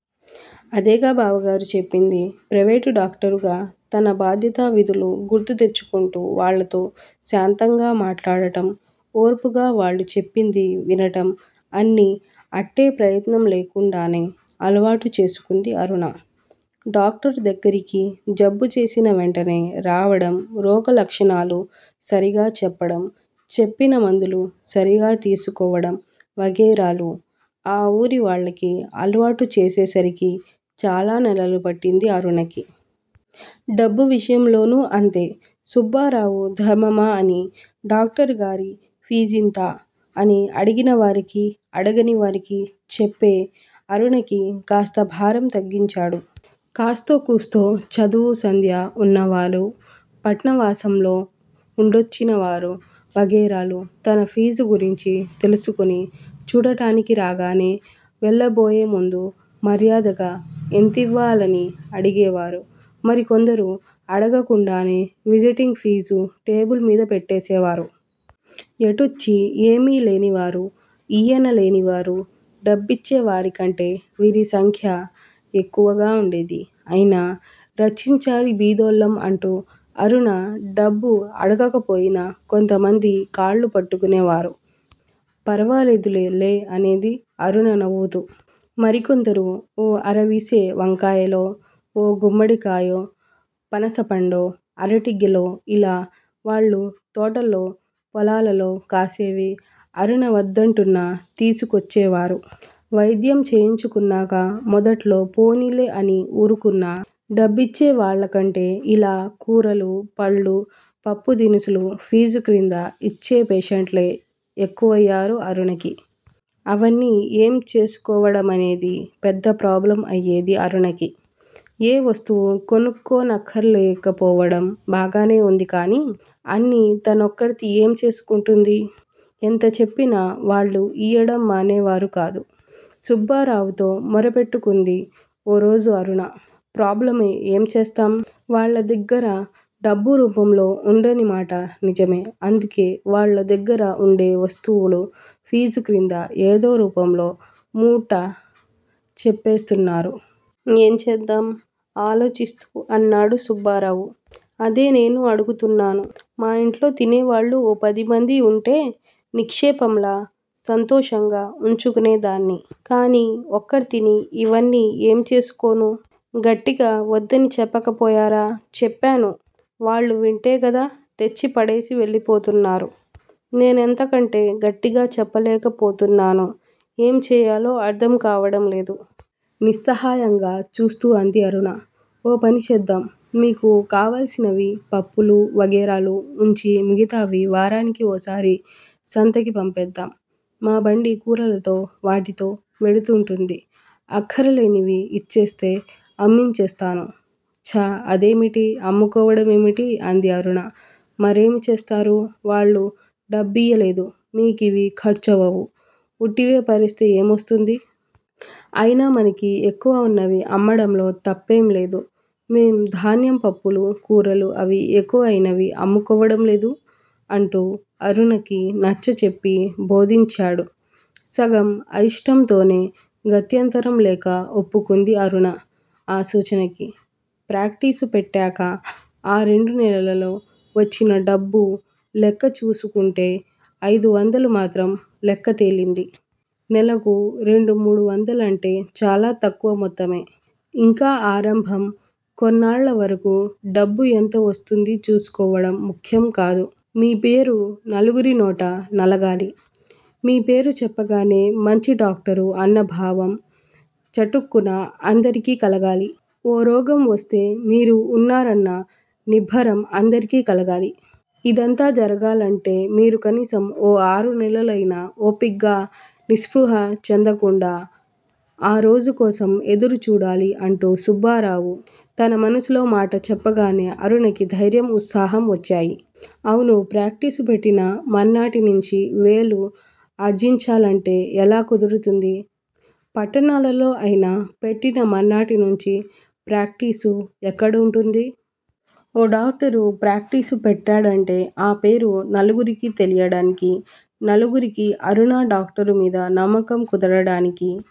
అదేగా బావగారు చెప్పింది ప్రైవేటు డాక్టరుగా తనబాధ్యత విధులు గుర్తుతెచ్చుకుంటూ వాళ్ళతో శాంతంగా మాట్లాడడం, ఓర్పుగా వాళ్ళు చెప్పింది వినడం అన్నీ అట్టేప్రయత్నం లేకుండానే అలవాటు చేసుకుంది అరుణ. డాక్టరు దగ్గరికి జబ్బుచేసిన వెంటనే రావడంరోగ లక్షణాలు సరిగా చెప్పడం, చెప్పిన మందులు సరిగా తీసుకోవడం వగైరాలు ఆ ఊరి వాళ్ళకి అలవాటు చేసేసరికి చాలా నెలలుపట్టింది అరుణకి. డబ్బు విషయంలోనూ అంతే సుబ్బారావు ధర్మమా అని డాక్టరుగారి ఫీజింత అని అడిగిన వారికి అడగనివారికి చెప్పే అరుణకికాస్త భారం తగ్గించాడు, కాస్తో కూస్తో చదువు సంధ్య ఉన్నవారు, పట్నవాసంలో ఉండొచ్చినవారు వగైరాలు తన ఫీజు గురించి తెలుసుకుని చూడడానికి రాగానే వెళ్ళబోయేముందు మర్యాదగా ఎంతివ్వాలని అడిగేవారు మరికొందరు అడగకుండానే విజిటింగ్ ఫీజు టేబిల్ మీద పెట్టేసేవారు. ఎటొచ్చీఏమీ లేనివారు ఈయనలేనివారు డబ్బిచ్చేవారికంటే వీరి సంఖ్య ఎక్కువగా ఉండేది అయినా, రచ్చించాలి బీదోళ్ళం అంటూ అరుణ డబ్బుఅడగకపోయినా కొంతమందికాళ్ళు పట్టుకునేవారు. ఫరవాలేదులే లే అనేది అరుణనవ్వుతూ. మరికొందరు ఓ అరవీశె వంకాయలో, ఓ గుమ్మడి కాయో, పనసపండో, అరటిగెలో ఇలా వాళ్ళు తోటల్లో పొలాలలో కాసేవి అరుణవద్దంటున్నా తీసుకొచ్చేవారు వైద్యం చేయించుకున్నాక మొదట్లో పోనీలే అని ఊరుకున్నా డబ్బిచ్చేవాళ్ళ కంటే ఇలాకూరలు పళ్ళు పప్పుదినుసులు ఫీజు క్రింద ఇచ్చేపేషెంట్లే ఎక్కువయ్యారు అరుణకి. అవన్నీ ఏం చేసుకోవడమనేది పెద్ద ప్రాబ్లమ్ అయ్యేది అరుణకి. ఏ వస్తువూ కొనుక్కో నక్కరలేకపోవడం బాగానే ఉంది కానీ, అన్నీతను ఒక్కర్తీ ఏం చేసుకుంటుంది? ఎంత చెప్పినా వాళ్ళు ఈయడం మానేవారుకాదు సుబ్బారావుతో మొరపెట్టుకుంది ఓరోజు అరుణ. ప్రాబ్లమే ఏం చేస్తాం? వాళ్ళ దగ్గర డబ్బు రూపంలో ఉండని మాట నిజమే అందుకే వాళ్ళ దగ్గర ఉండే వస్తువులు ఫీజు క్రింద ఏదో రూపంలో ముట్ట చెప్పేస్తున్నారు. ఏం చేద్దాం? ఆలోచిస్తూ ఆన్నాడు సుబ్బారావు. అదే నేనూ అడుగుతున్నాను. మా ఇంట్లో తినేవాళ్ళు ఓ పదిమంది ఉంటేనిక్షేపంలా, సంతోషంగా ఉంచుకునేదాన్ని, కాని ఒక్కర్తిని ఇవన్నీ ఏంచేసుకోను? గట్టిగా వద్దని చెప్పకపోయారా? చెప్పాను, వాళ్ళు వింటేగదా తెచ్చిపడేసి వెళ్ళిపోతున్నారు నేనంతకంటే గట్టిగా చెప్పలేకపోతున్నాను. ఏం చెయ్యాలో అర్ధంకావడం లేదు. నిస్సహాయంగా చూస్తూ అంది అరుణ. ఓపనిచేద్దాం మీకు కావలసినవి పప్పులు వగైరాలు ఉంచిమిగతావి వారానికి ఓ సారి సంతకి పంపేద్దాం. మా బండి కూరలతో వాటితో వెడుతుంటుంది అక్కరలేనివి ఇచ్చేస్తే అమ్మించేస్తాను. ఛాఅదేమిటి అమ్ముకోవడం ఏమిటి? అంది అరుణ. మరేమి చేస్తారు వాళ్ళు డబ్బీయలేదుమీకివి ఖర్చవవు, ఉట్టివేపారేస్తే ఏం వస్తుంది? అయినా మనకి ఎక్కువ ఉన్నవి అమ్మడంలో తప్పేంలేదు. మేం ధాన్యంపప్పులు, కూరలు అవి ఎక్కువ అయినవి అమ్ముకోవడంలేదూ? అంటూ అరుణకి నచ్చచెప్పి బోధించాడు సగం అయిష్టంతోనే, గత్యంతరం లేక ఒప్పుకుంది అరుణ ఆ సూచనకి. ప్రాక్టీసు పెట్టాక ఆ రెండు నెలలలో వచ్చిన డబ్బు లెక్క చూసుకుంటే అయిదువందలు మాత్రం లెక్క తేలింది. నెలకు రెండు మూడువందలంటేచాల తక్కువ మొత్తమే ఇంకా ఆరంభం కొన్నాళ్ళవరకు డబ్బు ఎంత వస్తూంది చూసుకోవడం ముఖ్యంకాదు మీ పేరు నలుగిరి నోటనలగాలి. మీ పేరు చెప్పగానే మంచి డాక్టరు అన్నభావం చటుక్కున అందరికి కలగాలి. ఓ రోగం వస్తే మీరు ఉన్నారన్న నిబ్బరం అందరికి కలగాలి. ఇదంతా జరగాలంటే మీరుకనీసం ఓ ఆరు నెలలయిన ఓపిగ్గా నిస్పృహ చెందకుండా ఆ రోజుకోసం ఎదురు చూడాలి అంటూ సుబ్బారావు తనమనసులో మాటచెప్పగానే అరుణకి ధైర్యం ఉత్సాహం వచ్చాయి. అవును ప్రాక్టీసు పెట్టిన మర్నాటినించి వేలు ఆర్జించాలంటే ఎలా కుదురుతుంది పట్టణాలలో అయినా పెట్టిన మర్నాటి నించి ప్రాక్టీసు ఎక్కడుంటుంది? ఓడాక్టరు ప్రాక్టీసు పెట్టాడంటే ఆ పేరు నలుగురికి తెలియడానికి నలుగురికీ అరుణ డాక్టరు మీద నమ్మకం కుదరడానికి